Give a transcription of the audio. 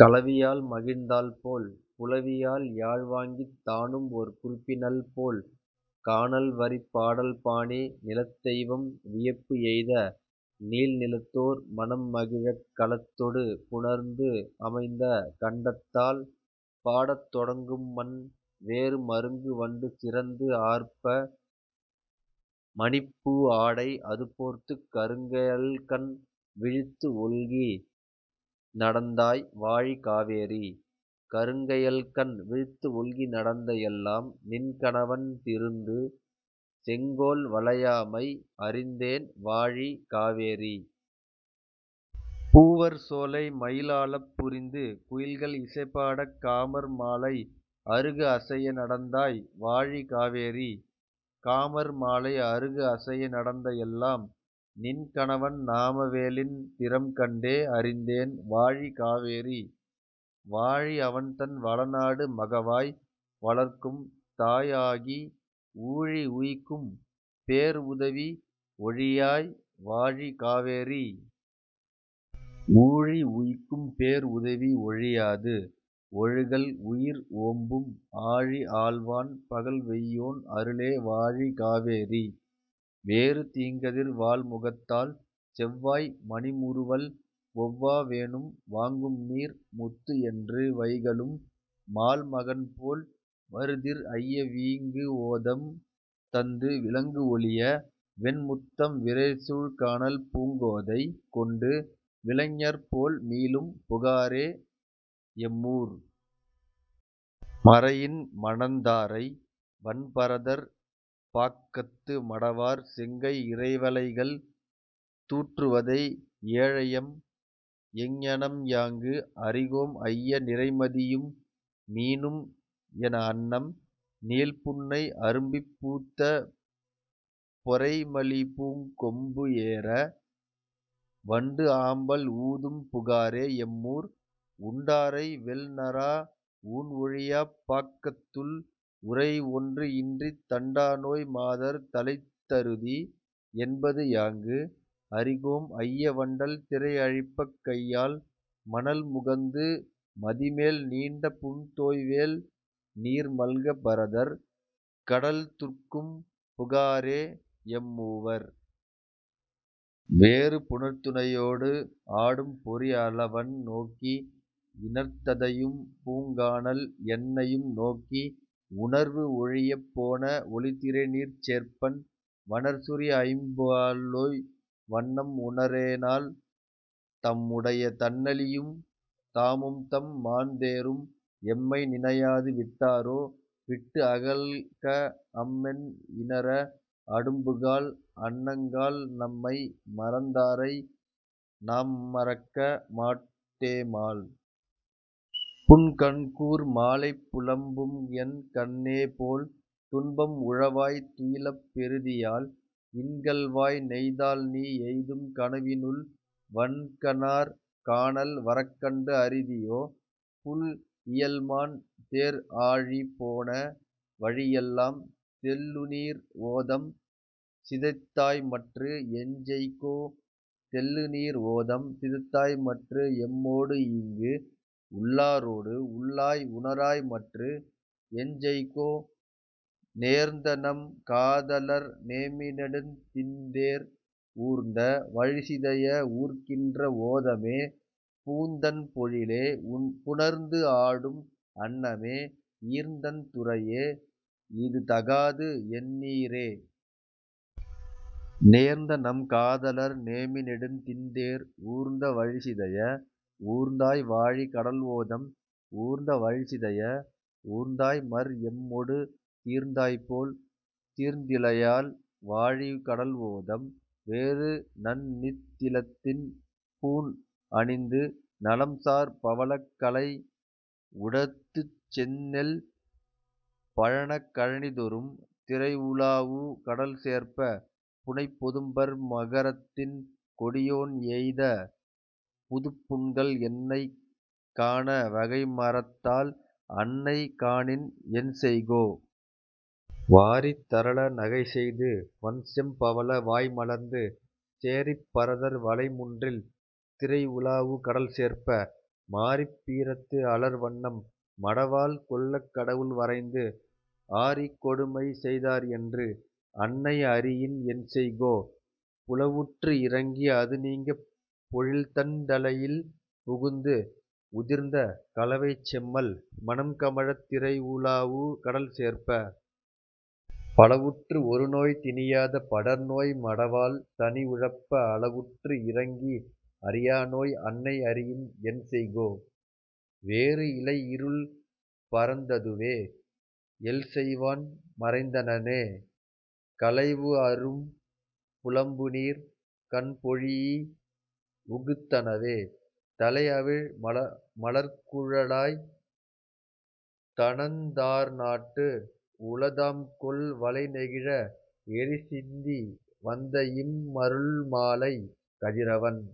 கலவியால் மகிழ்ந்தாள்போல் புலவியால் யாழ்வாங்கித் தானும்ஓர் குறிப்பினள்போல் கானல்வரிப் பாடல்பாணி நிலத்தெய்வம் வியப்புஎய்த நீள்நிலத்தோர் மனம்மகிழக் கலத்தொடு புணர்ந்துஅமைந்த கண்டத்தால் பாடத்தொடங்கும்மன். வேறு மருங்கு வண்டு சிறந்துஆர்ப்ப மணிப்பூ ஆடை அதுபோர்த்துக் கருங்க யல்கண் விழித்துஒல்கி நடந்தாய் வாழி காவேரி. கருங்க யல்கண் விழித்துஒல்கி நடந்த எல்லாம் நின்கணவன் திருந்து செங்கோல் வளையாமை அறிந்தேன் வாழி காவேரி. பூவர் சோலை மயில்ஆலப் புரிந்து குயில்கள் இசைபாடக் காமர் மாலை அருகுஅசைய நடந்தாய் வாழி காவேரி. காமர் மாலை அருகுஅசைய நடந்த எல்லாம் நின்கணவன் நாம வேலின் திறம்கண்டே அறிந்தேன் வாழி காவேரி. வாழி அவன்தன் வளநாடு மகவாய் வளர்க்கும் தாய்ஆகி ஊழி உய்க்கும் பேர்உதவி ஒழியாய் வாழி காவேரி. ஊழி உய்க்கும் பேர்உதவி ஒழியாது ஒழுகல் உயிர்ஓம்பும் ஆழி ஆள்வான் பகல்வெய்யோன் அருளே வாழி காவேரி. வேறு தீங்கதிர் வாள்முகத்தாள் செவ்வாய் மணிமுறுவல் ஒவ்வா வேனும் வாங்கும்நீர் முத்துஎன்று வைகலும் மால்மகன்போல் வருதிர் ஐய வீங்குஓதம் தந்து விளங்குஒளிய வெண்முத்தம் விரைசூழ் கானல் பூங்கோதை கொண்டு விலைஞர்போல் மீளும் புகாரே எம்மூர். மறையின் மணந்தாரை வன்பரதர் பாக்கத்து மடவார் செங்கை இறைவளைகள் து஡ற்றுவதை ஏழையம் எங்ஙனம்யாங்கு அறிகோம் ஐய நிறைமதியும் மீனும் எனஅன்னம் நீள்புன்னை அரும்பிப் பூத்த பொறைமலிபூங் கொம்புஏற வண்டுஆம்பல் ஊதும் புகாரே எம்மூர். உண்டாரை வெல்நறா ஊண்ஓழியாப் பாக்கத்துள் உறைஒன்று இன்றித் தண்டாநோய் மாதர் தலைத்தருதி என்பதுயாங்கு அறிகோம் ஐய வண்டல் திரைஅழிப்பக் கையால் மணல்முகந்து மதிமேல் நீண்ட புண்தோய்வேல் நீர்மல்க பரதர் கடல்து஡ர்க்கும் புகாரே எம்மூர். வேறு புணர்த்துணையோடு ஆடும் பொறிஅலவன் நோக்கி இணர்த்ததையும் பூங்கானல் என்னையும் நோக்கி உணர்வுஒழியப் போன ஒலிதிரைநீர்ச் சேர்ப்பன் வணர்சுரி ஐம்பாலோய் வண்ணம் உணரேனால். தம்முடைய தண்ணளியும் தாமும்தம் மான்தேரும் எம்மை நினையாது விட்டாரோ விட்டுஅகல்க அம்மென் இணர அடும்புகாள் அன்னங்காள் நம்மை மறந்தாரை நாம்மறக்க மாட்டேமால். புன்கண்கூர் மாலைப் புலம்பும்என் கண்ணேபோல் துன்பம் உழவாய் துயிலப் பெறுதியால் இன்கள்வாய் நெய்தால்நீ எய்தும் கனவினுள் வன்கணார் கானல் வரக்கண்டு அறிதியோ? புள்இயல்மான் தேர்ஆழி போன வழிஎல்லாம் தெள்ளுநீர் ஓதம் சிதைத்தாய்மற்று எஞ்செய்கோ? தெள்ளுநீர் ஓதம் சிதைத்தாய்மற்று எம்மோடுஈங்கு உள்ளாரோடு உள்ளாய் உணராய்மற்று எஞ்செய்கோ? நேர்ந்தநம் காதலர் நேமிநெடுந் திண்தேர் ஊர்ந்த வழிசிதைய ஊர்க்கின்ற ஓதமே பூந்தண் பொழிலே புணர்ந்துஆடும் அன்னமே ஈர்ந்தண் துறையே இதுதகாது என்னீரே. நேர்ந்தநம் காதலர் நேமிநெடுந் திண்தேர் ஊர்ந்த வழிசிதைய ஊர்ந்தாய்வாழி கடல்ஓதம் ஊர்ந்த வழிசிதைய ஊர்ந்தாய்மற் எம்மொடு தீர்ந்தாய்போல் தீர்ந்திலையால் வாழி கடல்ஓதம். வேறு நன்நித் திலத்தின் பூண்அணிந்து நலம்சார் பவளக் கலைஉடுத்துச் செந்நெல் பழனக் கழனிதொறும் திரைஉ லாவு கடல்சேர்ப்ப. புன்னைப் பொதும்பர் மகரத்திண் கொடியோன் எய்த புதுப்புண்கள் என்னைக் காணா வகைமறத்தால் அன்னை காணின் என்செய்கோ? வாரித் தரள நகைசெய்து வண்செம் பவள வாய்மலர்ந்து சேரிப் பரதர் வலைமுன்றில் திரைஉ லாவு கடல்சேர்ப்ப. மாரிப் பீரத்து அலர்வண்ணம் மடவாள் கொள்ளக் கடவுள்வரைந்து ஆர்இக் கொடுமை செய்தார்என்று அன்னை அறியின் என்செய்கோ? புலவுற்று இரங்கி அதுநீங்கப் பொழில்தண் டலையில் புகுந்துஉதிர்ந்த கலவைச் செம்மல் மணம்கமழத் திரைஉ லாவு கடல்சேர்ப்ப. பலஉற்று ஒருநோய் திணியாத படர்நோய் மடவாள் தனிஉழப்ப அலவுற்று இரங்கி அறியாநோய் அன்னை அறியின் என்செய்கோ? வேறு இளைஇருள் பரந்ததுவே எல்செய்வான் மறைந்தனனே களைவுஅரும் புலம்புநீர் கண்பொழீஇ உகுத்தனவே தளைஅவிழ் மலர்க்குழலாய் தணந்தார்நாட்டு உளதாம்கொல் வளைநெகிழ எரிசிந்தி வந்தஇம் மருள்மாலை? கதிரவன்